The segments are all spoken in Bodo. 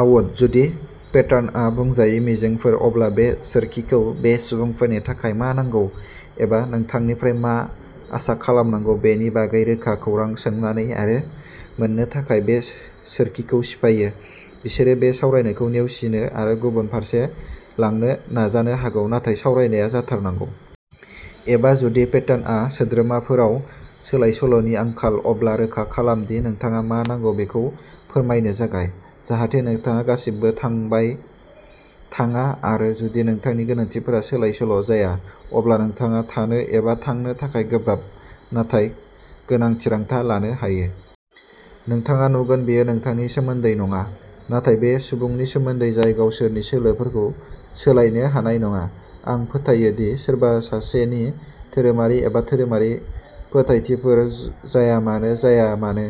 आउट। जुदि पेटार्नआ बुंजायै मिजिंफोर, अब्ला बे सोरखिखौ बे सुबुंफोरनि थाखाय मा नांगौ एबा नोंथांनिफ्राय मा आसा खालामनांगौ बेनि बागै रोखा खौरां सोंनानै आरो मोन्नो थाखाय बे सोरखिखौ सिफायो। बिसोरो बे सावरायनायखौ नेवसिनो आरो गुबुन फारसे लांनो नाजानो हागौ, नाथाय सावरायनाया जाथारनांगौ। एबा, जुदि पेटार्नआ सोद्रोमाफोराव सोलायसोल'नि आंखाल, अब्ला रोखा खालाम दि नोंथाङा मा नांगौ बेखौ फोरमायनो जागाय, जाहाथे नोंथाङा गासिबो थांबाय-थाङा आरो जुदि नोंथांनि गोनांथिफोरा सोलायसोल'जाया, अब्ला नोंथाङा थानो एबा थांनो थाखाय गोब्राब नाथाय गोनां थिरांथा लानो हायो। नोंथाङा नुगोन बेयो नोंथांनि सोमोन्दै नङा, नाथाय बे सुबुंनि सोमोन्दै जाय गावसोरनि सोलोफोरखौ सोलायनो हानाय नङा। आं फोथायो दि सोरबा सासेनि धोरोमारि एबा धोरोमारि फोथायथिफोर जायामानो जाया मानो,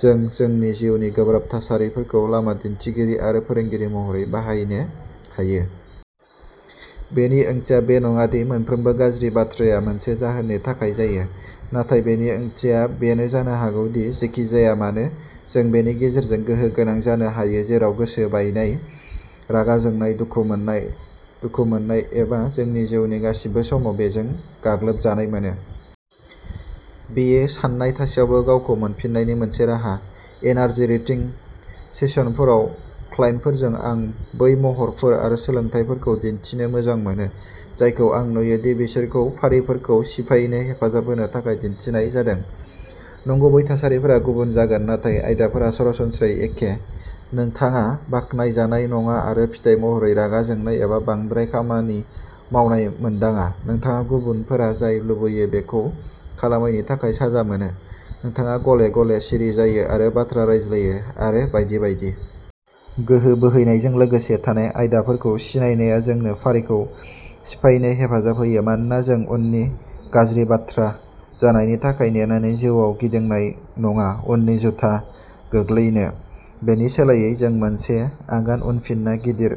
जों जोंनि जिउनि गोब्राब थासारिफोरखौ लामा दिन्थिगिरि आरो फोरोंगिरि महरै बाहायनो हायो। बेनि ओंथिया बे नङा दि मोनफ्रोमबो गाज्रि बाथ्राया मोनसे जाहोननि थाखाय जायो, नाथाय बेनि ओंथिया बेनो जानो हागौ दि जेखि जाया मानो, जों बेनि गेजेरजों गोहो गोनां जानो हायो जेराव गोसो बायनाय, रागा जोंनाय, दुखु मोननाय, दुखु मोननाय, एबा जोंनि जिउनि गासिबो समाव बेजों गाग्लोब जानाय मोनो। बेयो सानाय थासेयावबो गावखौ मोनफिननायनि मोनसे राहा। एनार्जि रिडिं सेसनफोराव क्लाइन्टफोरजों, आं बै महरफोर आरो सोलोंथायफोरखौ दिन्थिनो मोजां मोनो जायखौ आं नुयो दि बिसोरखौ फारिफोरखौ सिफायनो हेफाजाब होनो थाखाय दिन्थिनाय जादों। नंगुबै थासारिफोरा गुबुन जागोन नाथाय आयदाफोरा सरासनस्रायै एखेः नोंथाङा बाख्नायजानाय नङा आरो फिथाय महरै रागा जोंनाय एबा बांद्राय खामानि मावनाय मोनदाङा; नोंथाङा गुबुनफोरा जाय लुबैयो बेखौ खालामैनि थाखाय साजा मोनो; नोंथाङा गले-गले सिरि जायो आरो बाथ्रा रायज्लायो, आरो बायदि बायदि। गोहो बोहैनायजों लोगोसे थानाय आयदाफोरखौ सिनायनाया जोंनो फारिखौ सिफायनो हेफाजाब होयो मानोना जों उननि "गाज्रि" बाथ्रा जानायनि थाखाय नेनानै जिउआव गिदिंनाय नङा-उननि जुथा गोग्लैनो। बेनि सोलायै, जों मोनसे आगान उनफिनना गिदिर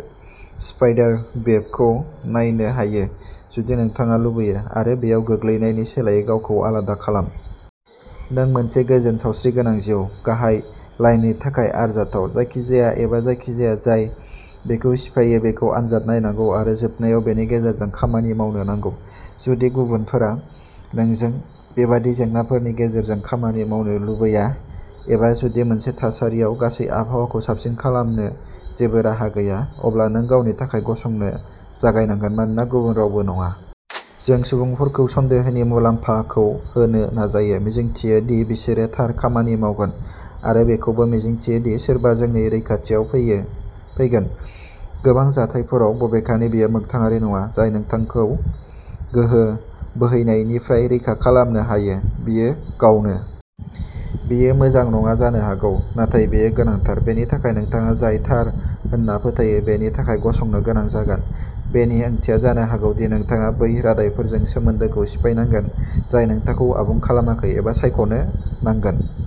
स्पाइडार वेबखौ नायनो हायो, जुदि नोंथाङा लुबैयो, आरो बेयाव गोग्लैनायनि सोलायै गावखौ आलादा खालाम। नों मोनसे गोजोन, सावस्रिगोनां जिउ, गाहाय लाइननि थाखाय आरजाथाव। जायखिजाया एबा जायखिजाया जाय बेखौ सिफायो, बेखौ आनजाद नायनांगौ आरो जोबनायाव बेनि गेजेरजों खामानि मावनो नांगौ। जुदि गुबुनफोरा नोंजों बेबादि जेंनाफोरनि गेजेरजों खामानि मावनो लुबैया, एबा जुदि मोनसे थासारियाव गासै आबहावाखौ साबसिन खालामनो जेबो राहा गैया, अब्ला नों गावनि थाखाय गसंनो जागायनांगोन-मानोना गुबुन रावबो नङा। जों सुबुंफोरखौ सन्देहनि मुलाम्फाखौ होनो नाजायो, मिजिंथियो दि बिसोरो थार खामानि मावगोन, आरो बेखौबो मिजिंथियो दि सोरबा जोंनि रैखाथियाव फैयो फैगोन। गोबां जाथायफोराव, बबेखानि, बेयो मोगथाङारि नङा। जाय नोंथांखौ गोहो बोहैनायनिफ्राय रैखा खालामनो हायो, बियो गावनो। बेयो मोजां नङा जानो हागौ, नाथाय बेयो गोनांथार। बेनि थाखाय नोंथाङा जाय थार होनना फोथायो, बेनि थाखाय गसंनो गोनां जागोन। बेनि ओंथिया जानो हागौ दि नोंथाङा बै रादायफोरजों सोमोन्दोखौ सिफायनांगोन जाय नोंथांखौ आबुं खालामाखै, एबा सायख'नो नांगोन।